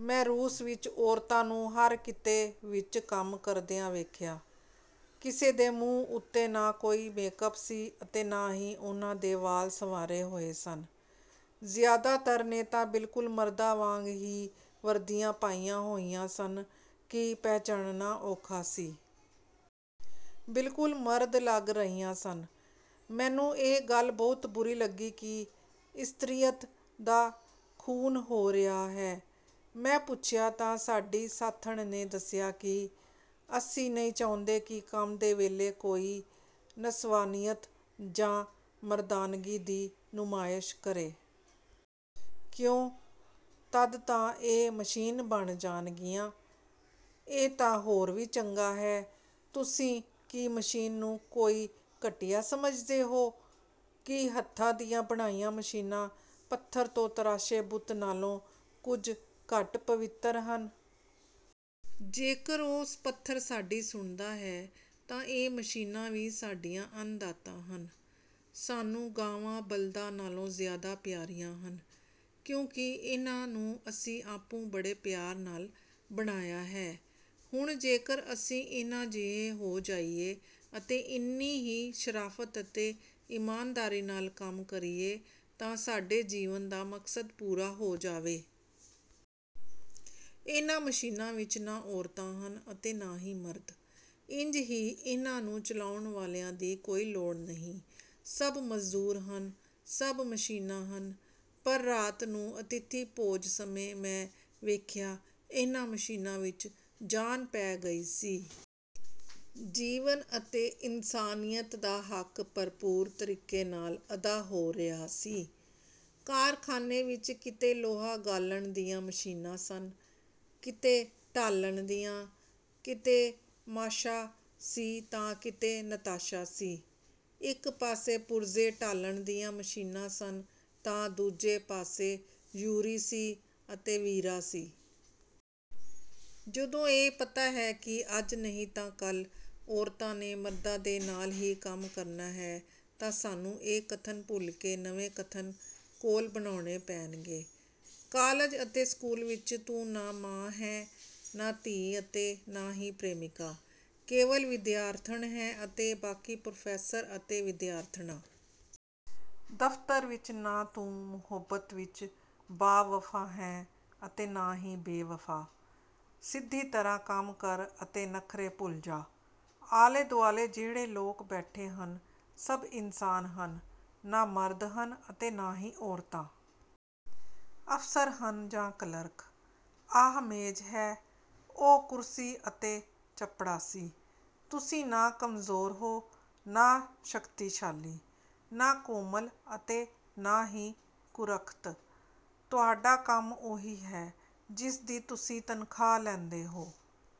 ਮੈਂ ਰੂਸ ਵਿੱਚ ਔਰਤਾਂ ਨੂੰ ਹਰ ਕਿੱਤੇ ਵਿੱਚ ਕੰਮ ਕਰਦਿਆਂ ਵੇਖਿਆ। ਕਿਸੇ ਦੇ ਮੂੰਹ ਉੱਤੇ ਨਾ ਕੋਈ ਮੇਕ-ਅੱਪ ਸੀ ਅਤੇ ਨਾ ਹੀ ਉਹਨਾਂ ਦੇ ਵਾਲ ਸੰਵਾਰੇ ਹੋਏ ਸਨ। ਜ਼ਿਆਦਾਤਰ ਨੇ ਤਾਂ ਬਿਲਕੁਲ ਮਰਦਾਂ ਵਾਂਗ ਹੀ ਵਰਦੀਆਂ ਪਾਈਆਂ ਹੋਈਆਂ ਸਨ ਕਿ ਪਹਿਚਾਨਣਾ ਔਖਾ ਸੀ। ਬਿਲਕੁਲ ਮਰਦ ਲੱਗ ਰਹੀਆਂ ਸਨ। ਮੈਨੂੰ ਇਹ ਗੱਲ ਬਹੁਤ ਬੁਰੀ ਲੱਗੀ ਕਿ 'ਇਸਤਰੀਅਤ' ਦਾ ਖੂਨ ਹੋ ਰਿਹਾ ਹੈ। ਮੈਂ ਪੁੱਛਿਆ ਤਾਂ ਸਾਡੀ ਸਾਥਣ ਨੇ ਦੱਸਿਆ ਕਿ 'ਅਸੀਂ ਨਹੀਂ ਚਾਹੁੰਦੇ ਕਿ ਕੰਮ ਦੇ ਵੇਲੇ ਕੋਈ 'ਨਸਵਾਨੀਅਤ' ਜਾਂ 'ਮਰਦਾਨਗੀ' ਦੀ ਨੁਮਾਇਸ਼ ਕਰੇ।' 'ਕਿਉਂ? ਤਦ ਤਾਂ ਇਹ ਮਸ਼ੀਨ ਬਣ ਜਾਣਗੀਆਂ।' 'ਇਹ ਤਾਂ ਹੋਰ ਵੀ ਚੰਗਾ ਹੈ। ਤੁਸੀਂ ਕੀ ਮਸ਼ੀਨ ਨੂੰ ਕੋਈ ਘਟੀਆ ਸਮਝਦੇ ਹੋ? ਕੀ ਹੱਥਾਂ ਦੀਆਂ ਬਣਾਈਆਂ ਮਸ਼ੀਨਾਂ ਪੱਥਰ ਤੋਂ ਤਰਾਸ਼ੇ ਬੁੱਤ ਨਾਲੋਂ ਕੁਝ ਘੱਟ ਪਵਿੱਤਰ ਹਨ? ਜੇਕਰ ਉਹ ਪੱਥਰ ਸਾਡੀ ਸੁਣਦਾ ਹੈ ਤਾਂ ਇਹ ਮਸ਼ੀਨਾਂ ਵੀ ਸਾਡੀਆਂ ਅੰਨ-ਦਾਤਾ ਹਨ। ਸਾਨੂੰ ਗਾਵਾਂ-ਬਲਦਾਂ ਨਾਲੋਂ ਜ਼ਿਆਦਾ ਪਿਆਰੀਆਂ ਹਨ। ਕਿਉਂਕਿ ਇਹਨਾਂ ਨੂੰ ਅਸੀਂ ਆਪੂੰ ਬੜੇ ਪਿਆਰ ਨਾਲ ਬਣਾਇਆ ਹੈ। ਹੁਣ ਜੇਕਰ ਅਸੀਂ ਇਹਨਾਂ ਜਿਹੇ ਹੋ ਜਾਈਏ ਅਤੇ ਇੰਨੀ ਹੀ ਸ਼ਰਾਫਤ ਅਤੇ ਈਮਾਨਦਾਰੀ ਨਾਲ ਕੰਮ ਕਰੀਏ ਤਾਂ ਸਾਡੇ ਜੀਵਨ ਦਾ ਮਕਸਦ ਪੂਰਾ ਹੋ ਜਾਵੇ। ਇਹਨਾਂ ਮਸ਼ੀਨਾਂ ਵਿੱਚ ਨਾ ਔਰਤਾਂ ਹਨ ਅਤੇ ਨਾ ਹੀ ਮਰਦ। ਇੰਝ ਹੀ ਇਹਨਾਂ ਨੂੰ ਚਲਾਉਣ ਵਾਲਿਆਂ ਦੀ ਵੀ ਕੋਈ ਲੋੜ ਨਹੀਂ। ਸਭ ਮਜ਼ਦੂਰ ਹਨ, ਸਭ ਮਸ਼ੀਨਾਂ ਹਨ।' ਪਰ ਰਾਤ ਨੂੰ ਅਤਿਥੀ-ਭੋਜ ਸਮੇਂ ਮੈਂ ਵੇਖਿਆ ਇਹਨਾਂ ਮਸ਼ੀਨਾਂ ਵਿੱਚ ਜਾਨ ਪੈ ਗਈ ਸੀ। ਜੀਵਨ ਅਤੇ ਇਨਸਾਨੀਅਤ ਦਾ ਹੱਕ ਭਰਪੂਰ ਤਰੀਕੇ ਨਾਲ ਅਦਾ ਹੋ ਰਿਹਾ ਸੀ। ਕਾਰਖਾਨੇ ਵਿੱਚ ਕਿਤੇ ਲੋਹਾ ਗਾਲ੍ਹਣ ਦੀਆਂ ਮਸ਼ੀਨਾਂ ਸਨ, ਕਿਤੇ ਢਾਲਣ ਦੀਆਂ, ਕਿਤੇ 'ਮਾਸ਼ਾ' ਸੀ ਤਾਂ ਕਿਤੇ 'ਨਤਾਸ਼ਾ' ਸੀ। ਇੱਕ ਪਾਸੇ ਪੁਰਜ਼ੇ ਢਾਲਣ ਦੀਆਂ ਮਸ਼ੀਨਾਂ ਸਨ ਤਾਂ ਦੂਜੇ ਪਾਸੇ 'ਯੂਰੀ' ਸੀ ਅਤੇ 'ਵੀਰਾ' ਸੀ। ਜਦੋਂ ਇਹ ਪਤਾ ਹੈ ਕਿ ਅੱਜ ਨਹੀਂ ਤਾਂ ਕੱਲ੍ਹ ਔਰਤਾਂ ਨੇ ਮਰਦਾਂ ਦੇ ਨਾਲ ਹੀ ਕੰਮ ਕਰਨਾ ਹੈ ਤਾਂ ਸਾਨੂੰ ਇਹ ਕਥਨ ਭੁੱਲ ਕੇ ਨਵੇਂ ਕਥਨ/ਕੌਲ ਬਣਾਉਣੇ ਪੈਣਗੇ:- ਕਾਲਜ ਅਤੇ ਸਕੂਲ ਵਿੱਚ ਤੂੰ ਨਾ ਮਾਂ ਹੈਂ ਨਾ ਧੀ ਅਤੇ ਨਾ ਹੀ ਪ੍ਰੇਮਿਕਾ--ਕੇਵਲ ਵਿਦਿਆਰਥਣ ਹੈਂ ਅਤੇ ਬਾਕੀ ਪ੍ਰੋਫੈਸਰ ਅਤੇ ਵਿਦਿਆਰਥਣਾਂ। ਦਫ਼ਤਰ ਵਿੱਚ ਨਾ ਤੂੰ ਮੁਹੱਬਤ ਵਿੱਚ ਬਾ-ਵਫ਼ਾ ਹੈਂ ਅਤੇ ਨਾ ਹੀ ਬੇ-ਵਫ਼ਾ। ਸਿੱਧੀ ਤਰ੍ਹਾਂ ਕੰਮ ਕਰ ਅਤੇ ਨਖ਼ਰੇ ਭੁੱਲ ਜਾ। ਆਲੇ-ਦੁਆਲੇ ਜਿਹੜੇ ਲੋਕ ਬੈਠੇ ਹਨ ਸਭ ਇਨਸਾਨ ਹਨ: ਨਾ ਮਰਦ ਹਨ ਅਤੇ ਨਾ ਹੀ ਔਰਤਾਂ। ਅਫਸਰ ਹਨ ਜਾਂ ਕਲਰਕ, ਆਹ ਮੇਜ਼ ਹੈ, ਔਹ ਕੁਰਸੀ ਅਤੇ ਚਪੜਾਸੀ। ਤੁਸੀਂ ਨਾ ਕਮਜ਼ੋਰ ਹੋ ਨਾ ਸ਼ਕਤੀਸ਼ਾਲੀ, ਨਾ ਕੋਮਲ ਅਤੇ ਨਾ ਹੀ ਕੁਰੱਖਤ। ਤੁਹਾਡਾ ਕੰਮ ਉਹੀ ਹੈ ਜਿਸਦੀ ਤੁਸੀਂ ਤਨਖ਼ਾਹ ਲੈਂਦੇ ਹੋ।